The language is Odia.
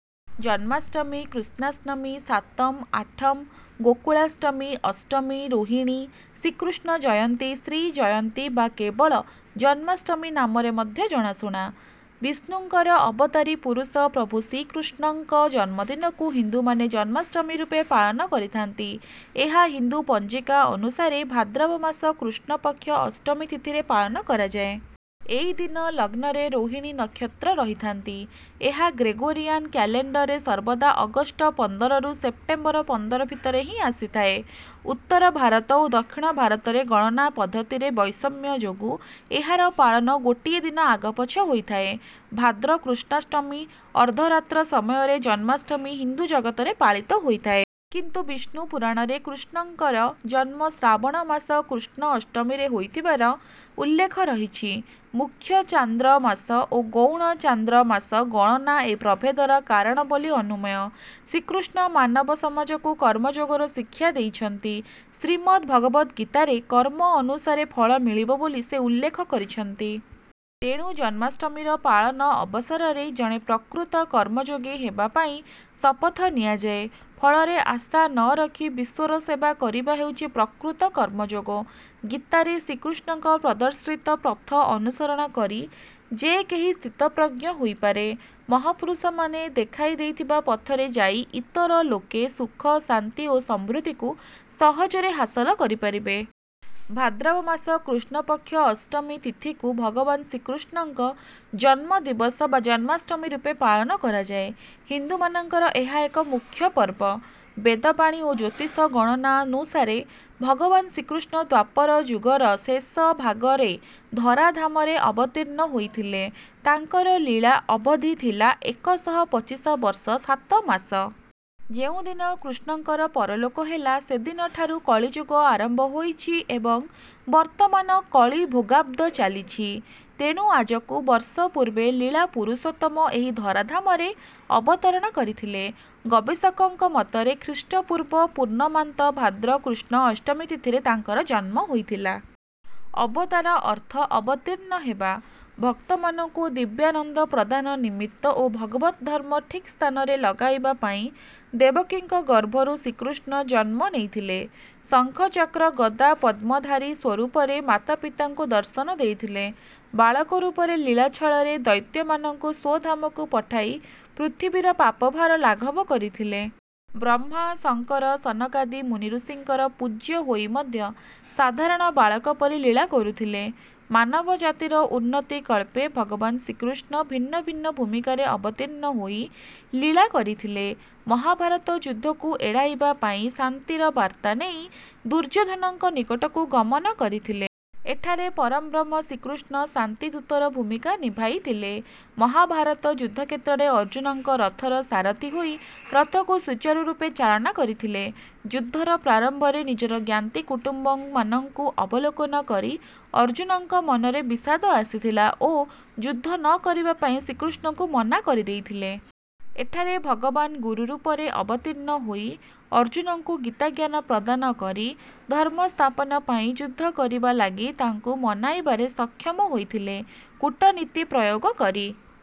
ଜନ୍ମାଷ୍ଟମୀ, କୃଷ୍ଣାଷ୍ଟମୀ, ସାତମ୍ ଆଠମ୍, ଗୋକୁଳାଷ୍ଟମୀ, ଅଷ୍ଟମୀ ରୋହିଣୀ, ଶ୍ରୀକୃଷ୍ଣ ଜୟନ୍ତୀ, ଶ୍ରୀ ଜୟନ୍ତୀ ବା କେବଳ ଜନ୍ମାଷ୍ଟମୀ ନାମରେ ମଧ୍ୟ ଜଣାଶୁଣା। ବିଷ୍ଣୁଙ୍କର ଅବତାରୀ ପୁରୁଷ ପ୍ରଭୁ ଶ୍ରୀକୃଷ୍ଣଙ୍କ ଜନ୍ମଦିନକୁ ହିନ୍ଦୁମାନେ ଜନ୍ମାଷ୍ଟମୀ ରୂପେ ପାଳନ କରିଥାନ୍ତି। ଏହା ହିନ୍ଦୁ ପଞ୍ଜିକା ଅନୁସାରେ ଭାଦ୍ରବ ମାସ କୃଷ୍ଣ ପକ୍ଷ ଅଷ୍ଟମୀ ତିଥିରେ ପାଳନ କରାଯାଏ। ଏଇ ଦିନ ଲଗ୍ନରେ ରୋହିଣୀ ନକ୍ଷତ୍ର ରହିଥାନ୍ତି। ଏହା ଗ୍ରେଗୋରିଆନ୍ କ୍ୟାଲେଣ୍ଡରରେ ସର୍ବଦା ଅଗଷ୍ଟ ପନ୍ଦରରୁ ସେପ୍ଟେମ୍ବର ପନ୍ଦର ଭିତରେ ହିଁ ଆସିଥାଏ। ଉତ୍ତର ଭାରତ ଓ ଦକ୍ଷିଣ ଭାରତରେ ଗଣନା ପଦ୍ଧତିର ବୈଷମ୍ୟ ଯୋଗୁଁ ଏହାର ପାଳନ ଗୋଟିଏ ଦିନ ଆଗପଛ ହୋଇଥାଏ। ଭାଦ୍ର କୃଷ୍ଣାଷ୍ଟମୀ ଅର୍ଦ୍ଧରାତ୍ର ସମୟରେ ଜନ୍ମାଷ୍ଟମୀ ହିନ୍ଦୁ ଜଗତରେ ପାଳିତ ହୋଇଥାଏ। କିନ୍ତୁ ବିଷ୍ଣୁ ପୁରାଣରେ କୃଷ୍ଣଙ୍କର ଜନ୍ମ ଶ୍ରାବଣ ମାସ କୃଷ୍ଣ ଅଷ୍ଟମୀରେ ହୋଇଥିବାର ଉଲ୍ଲେଖ ରହିଛି। ମୁଖ୍ୟ ଚାନ୍ଦ୍ରମାସ ଓ ଗୌଣ ଚାନ୍ଦ୍ରମାସ ଗଣନା ଏ ପ୍ରଭେଦର କାରଣ ବୋଲି ଅନୁମେୟ। ଶ୍ରୀକୃଷ୍ଣ ମାନବ ସମାଜକୁ କର୍ମଯୋଗର ଶିକ୍ଷା ଦେଇଛନ୍ତି। ଶ୍ରୀମଦ୍‌ଭଗବଦ୍‌ଗୀତାରେ କର୍ମ ଅନୁସାରେ ଫଳ ମିଳିବ ବୋଲି ସେ ଉଲ୍ଲେଖ କରିଛନ୍ତି। ତେଣୁ ଜନ୍ମାଷ୍ଟମୀର ପାଳନ ଅବସରରେ ଜଣେ ପ୍ରକୃତ କର୍ମଯୋଗୀ ହେବା ପାଇଁ ଶପଥ ନିଆଯାଏ। ଫଳର ଆଶା ନ ରଖି ବିଶ୍ୱର ସେବା କରିବା ହେଉଛି ପ୍ରକୃତ କର୍ମଯୋଗ। ଗୀତାରେ ଶ୍ରୀକୃଷ୍ଣଙ୍କ ପ୍ରଦର୍ଶିତ ପଥ ଅନୁସରଣ କରି ଯେ କେହି ସ୍ଥିତପ୍ରଜ୍ଞ ହୋଇପାରେ। ମହାପୁରୁଷମାନେ ଦେଖାଇଦେଇଥିବା ପଥରେ ଯାଇ ଇତର ଲୋକେ ସୁଖ, ଶାନ୍ତି ଓ ସମୃଦ୍ଧିକୁ ସହଜରେ ହାସଲ କରିପାରିବେ। ଭାଦ୍ରବ ମାସ କୃଷ୍ଣପକ୍ଷ ଅଷ୍ଟମୀ ତିଥିକୁ ଭଗବାନ ଶ୍ରୀକୃଷ୍ଣଙ୍କ ଜନ୍ମଦିବସ ବା ଜନ୍ମାଷ୍ଟମୀ ରୂପେ ପାଳନ କରାଯାଏ। ହିନ୍ଦୁମାନଙ୍କର ଏହା ଏକ ମୁଖ୍ୟ ପର୍ବ। ବେଦବାଣୀ ଓ ଜ୍ୟୋତିଷ ଗଣନାନୁସାରେ ଭଗବାନ ଶ୍ରୀକୃଷ୍ଣ ଦ୍ୱାପର ଯୁଗର ଶେଷ ଭାଗରେ ଧରାଧାମରେ ଅବତୀର୍ଣ୍ଣ ହୋଇଥିଲେ। ତାଙ୍କର ଲୀଳା ଅବଧି ଥିଲା ଏକଶହ ପଚିଶ ବର୍ଷ ସାତ ମାସ। ଯେଉଁ ଦିନ କୃଷ୍ଣଙ୍କର ପରଲୋକ ହେଲା, ସେଦିନଠାରୁ କଳିଯୁଗ ଆରମ୍ଭ ହୋଇଛି ଏବଂ ବର୍ତ୍ତମାନ କଳିଭୋଗାବ୍ଦ ଚାଲିଛି। ତେଣୁ ଆଜକୁ ବର୍ଷ ପୂର୍ବେ ଲୀଳା ପୁରୁଷୋତ୍ତମ ଏହି ଧରାଧାମରେ ଅବତରଣ କରିଥିଲେ। ଗବେଷକଙ୍କ ମତରେ ଖ୍ରୀଷ୍ଟପୂର୍ବ ପୂର୍ଣ୍ଣମାନ୍ତ ଭାଦ୍ର କୃଷ୍ଣ ଅଷ୍ଟମୀ ତିଥିରେ ତାଙ୍କର ଜନ୍ମ ହୋଇଥିଲା। ଅବତାର ଅର୍ଥ ଅବତୀର୍ଣ୍ଣ ହେବା। ଭକ୍ତମାନଙ୍କୁ ଦିବ୍ୟାନନ୍ଦ ପ୍ରଦାନ ନିମିତ୍ତ ଓ ଭଗବତ୍ ଧର୍ମ ଠିକ୍ ସ୍ଥାନରେ ଲଗାଇବା ପାଇଁ ଦେବକୀଙ୍କ ଗର୍ଭରୁ ଶ୍ରୀକୃଷ୍ଣ ଜନ୍ମ ନେଇଥିଲେ। ଶଙ୍ଖ, ଚକ୍ର, ଗଦା, ପଦ୍ମଧାରୀ ସ୍ୱରୂପରେ ମାତାପିତାଙ୍କୁ ଦର୍ଶନ ଦେଇଥିଲେ। ବାଳକ ରୂପରେ ଲୀଳା ଛଳରେ ଦୈତ୍ୟମାନଙ୍କୁ ସ୍ୱଧାମକୁ ପଠାଇ ପୃଥିବୀର ପାପ ଭାର ଲାଘବ କରିଥିଲେ। ବ୍ରହ୍ମା, ଶଙ୍କର, ସନକାଦି ମୁନିଋଷିଙ୍କର ପୂଜ୍ୟ ହୋଇ ମଧ୍ୟ ସାଧାରଣ ବାଳକ ପରି ଲୀଳା କରୁଥିଲେ। ମାନବ ଜାତିର ଉନ୍ନତିକଳ୍ପେ ଭଗବାନ ଶ୍ରୀକୃଷ୍ଣ ଭିନ୍ନ ଭିନ୍ନ ଭୂମିକାରେ ଅବତୀର୍ଣ୍ଣ ହୋଇ ଲୀଳା କରିଥିଲେ। ମହାଭାରତ ଯୁଦ୍ଧକୁ ଏଡ଼ାଇବା ପାଇଁ ଶାନ୍ତିର ବାର୍ତ୍ତା ନେଇ ଦୁର୍ଯ୍ୟୋଧନଙ୍କ ନିକଟକୁ ଗମନ କରିଥିଲେ। ଏଠାରେ ପରମବ୍ରହ୍ମ ଶ୍ରୀକୃଷ୍ଣ ଶାନ୍ତିଦୂତର ଭୂମିକା ନିଭାଇଥିଲେ। ମହାଭାରତ ଯୁଦ୍ଧକ୍ଷେତ୍ରରେ ଅର୍ଜୁନଙ୍କ ରଥର ସାରଥି ହୋଇ ରଥକୁ ସୁଚାରୁ ରୂପେ ଚାଳନା କରିଥିଲେ। ଯୁଦ୍ଧର ପ୍ରାରମ୍ଭରେ ନିଜର ଜ୍ଞାତି କୁଟୁମ୍ବମାନଙ୍କୁ ଅବଲୋକନ କରି ଅର୍ଜୁନଙ୍କ ମନରେ ବିଷାଦ ଆସିଥିଲା ଓ ଯୁଦ୍ଧ ନକରିବା ପାଇଁ ଶ୍ରୀକୃଷ୍ଣଙ୍କୁ ମନା କରିଦେଇଥିଲେ। ଏଠାରେ ଭଗବାନ ଗୁରୁ ରୂପରେ ଅବତୀର୍ଣ୍ଣ ହୋଇ ଅର୍ଜୁନଙ୍କୁ ଗୀତାଜ୍ଞାନ ପ୍ରଦାନ କରି ଧର୍ମସ୍ଥାପନ ପାଇଁ ଯୁଦ୍ଧ କରିବା ଲାଗି ତାଙ୍କୁ ମନାଇବାରେ ସକ୍ଷମ ହୋଇଥିଲେ। କୂଟନୀତି ପ୍ରୟୋଗ କରି